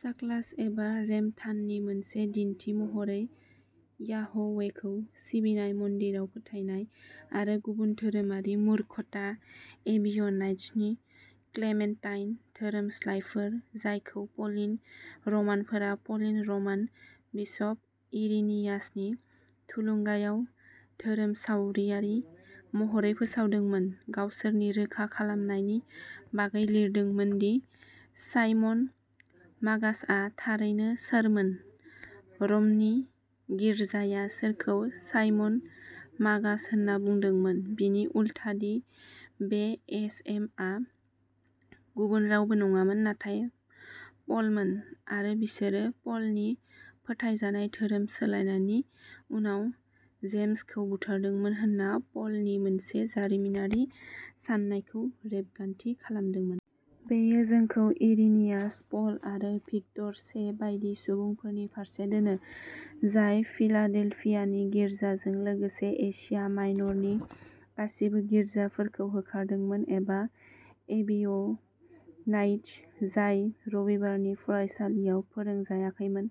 साक्लास एबा रेमथाननि मोनसे दिन्थि महरै याहवेखौ सिबिनाय, मन्दिराव फोथायनाय आरो गुबुन धोरोमारि मुर्खता एबिय'नाइट्सनि क्लेमेन्टाइन धोरोमस्लायफोर, जायखौ प'लिन रमानफोरा प'लिन रमान बिसप इरिनियासनि थुलुंगायाव धोरोमसावरियारि महरै फोसावदोंमोन, गावसोरनि रोखा खालामनायनि बागै लिरदोंमोन दि साइमन मागासआ थारैनो सोरमोन, रमनि गिर्जाया सोरखौ साइमन मागास होनना बुंदोंमोन बिनि उलथा दि बे एस एम आ गुबुन रावबो नङामोन नाथाय प'लमोन आरो बिसोरो प'लनि फोथायजानाय धोरोम सोलायनायनि उनाव जेम्सखौ बुथारदोंमोन होनना प'लनि मोनसे जारिमिनारि साननायखौ रेबगान्थि खालामदोंमोन। बेयो जोंखौ इरिनियास, प'ल आरो भिक्टर से बायदि सुबुंफोरनि फारसे दोनो, जाय फिलाडेल्फियानि गिर्जाजों लोगोसे एशिया माइनरनि गासिबो गिर्जाफोरखौ होखारदोंमोन एबा एबिय'नाइट्स जाय रबिबारनि फरायसालियाव फोरोंजायाखैमोन,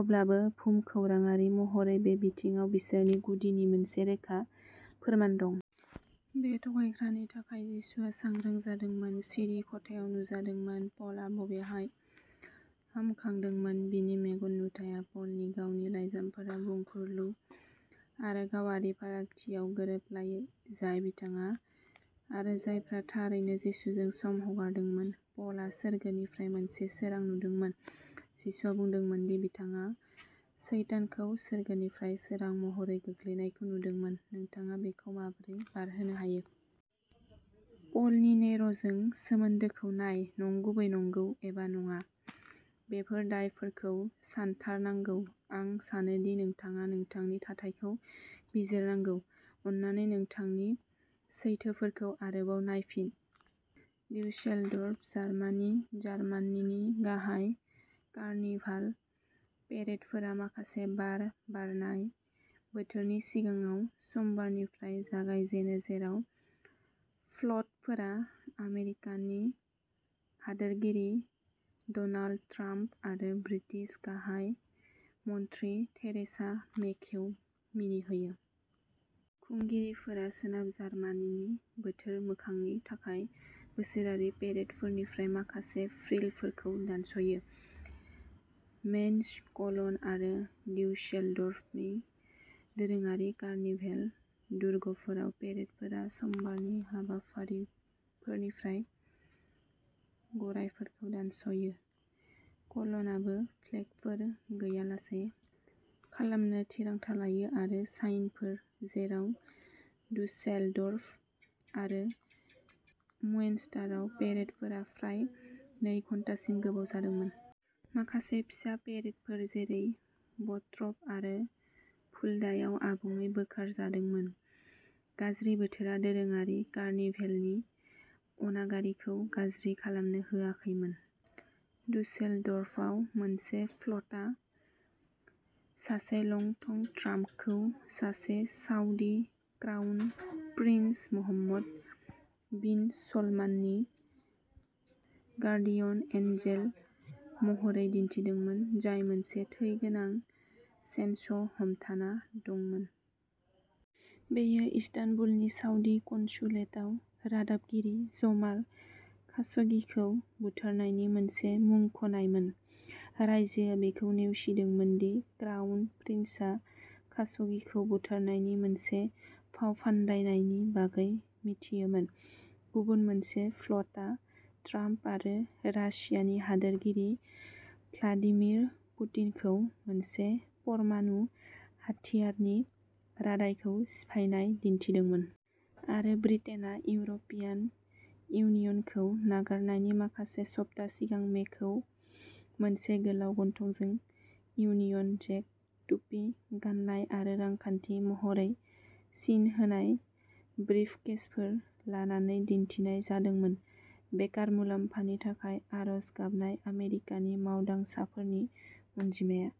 अब्लाबो भुमखौराङारि महरै बे बिथिङाव बिसोरनि गुदिनि मोनसे रोखा फोरमान दं। बे थगायग्रानि थाखाय, जिसुआ सांग्रां जादोंमोन, सिरि खथायाव नुजादोंमोन, प'लआ बबेहाय हामखांदोंमोन? बिनि मेगन नुथाइया पलनि गावनि लाइजामफोरा बुंफुरलु आरो गावारि फारागथियाव गोरोबलायै, जाय बिथाङा आरो जायफ्रा थारैनो जिसुजों सम हगारदोंमोन। पलआ सोरगोनिफ्राय मोनसे सोरां नुदोंमोन, जिसुआ बुंदोंमोन दि बिथाङा सैतानखौ सोरगोनिफ्राय सोरां महरै गोग्लैनायखौ नुदोंमोन, नोंथाङा बेखौ माबोरै बारहोनो हायो? पलनि नेर'जों सोमोन्दोखौ नाय नंगुबै नंगौ एबा नङा, बेफोर दायफोरखौ सानथारनांगौ। आं सानो दि नोंथाङा नोंथांनि थाथायखौ बिजिरनांगौ। अन्नानै, नोंथांनि सैथोफोरखौ आरोबाव नायफिन। ड्युसेलडर्फ, जार्मानी जार्मानीनि गाहाय कार्निभाल पेरेडफोरा माखासे बार बारनाय बोथोरनि सिगाङाव समबारनिफ्राय जागायजेनो, जेराव फ्ल'टफोरा आमेरिकानि हादोरगिरि डनाल्ड ट्राम्प आरो ब्रिटिश गाहाय मन्थ्रि थेरेसा मेखौ मिनिहोयो। खुंगिरिफोरा सोनाब जार्मानीनि बोथोर मोखांनि थाखाय बोसोरारि पेरेडफोरनिफ्राय माखासे फ्रिलफोरखौ दानस'यो। मेन्ज, क'लन आरो ड्युसेलडर्फनि दोरोङारि कार्निभेल दुर्गफोराव पेरेडफोरा समबारनि हाबाफारिफोरनिफ्राय गरायफोरखौ दानस'यो। क'लनआबो फ्लेगफोर गैयालासे खालामनो थिरांथा लायो आरो साइनफोर, जेराव डुसेलडर्फ आरो मुएनस्टारआव पेरेडफोरा फ्राय नै घन्टासिम गोबाव जादोंमोन। माखासे फिसा पेरेडफोर, जेरै बट्रप आरो फुल्डायाव आबुङै बोखारजादोंमोन। गाज्रि बोथोरा दोरोङारि कार्निभेलनि अनागारिखौ गाज्रि खालामनो होआखैमोन। डुसेलडर्फआव, मोनसे फ्ल'टआ सासे लंथं ट्राम्पखौ सासे Saudi crown prince Mohammed bin सलमाननि गार्डियन एन्जेल महरै दिन्थिदोंमोन, जाय मोनसे थै गोनां चेनस'हमथाना दंमोन। बेयो इस्तानबुलनि साउदी कन्सुलेटआव रादाबगिरि जमाल खाशोगिखौ बुथारनायनि मोनसे मुंख'नायमोन। रायजोआ बेखौ नेवसिदोंमोन दि क्राउन प्रिन्सआ खाशोगिखौ बुथारनायनि मोनसे फावफान्दायनायनि बागै मिथियोमोन। गुबुन मोनसे फ्ल'टआ ट्राम्प आरो रासियानि हादोरगिरि भ्लादिमिर पुतिनखौ मोनसे परमाणु हाथियारनि रादाइखौ सिफायनाय दिन्थिदोंमोन। आरो ब्रिटेनआ इउर'पियान इउनियनखौ नागारनायनि माखासे सप्ता सिगां मेखौ मोनसे गोलाव गन्थंजों इउनियन जेक टुपि गान्नाय आरो रांखान्थि महरै सिन होनाय ब्रिफकेसफोर लानानै दिन्थिनाय जादोंमोन। बेकार मुलाम्फानि थाखाय आर'ज गाबनाय आमेरिकानि मावदांसाफोरनि अनजिमाया।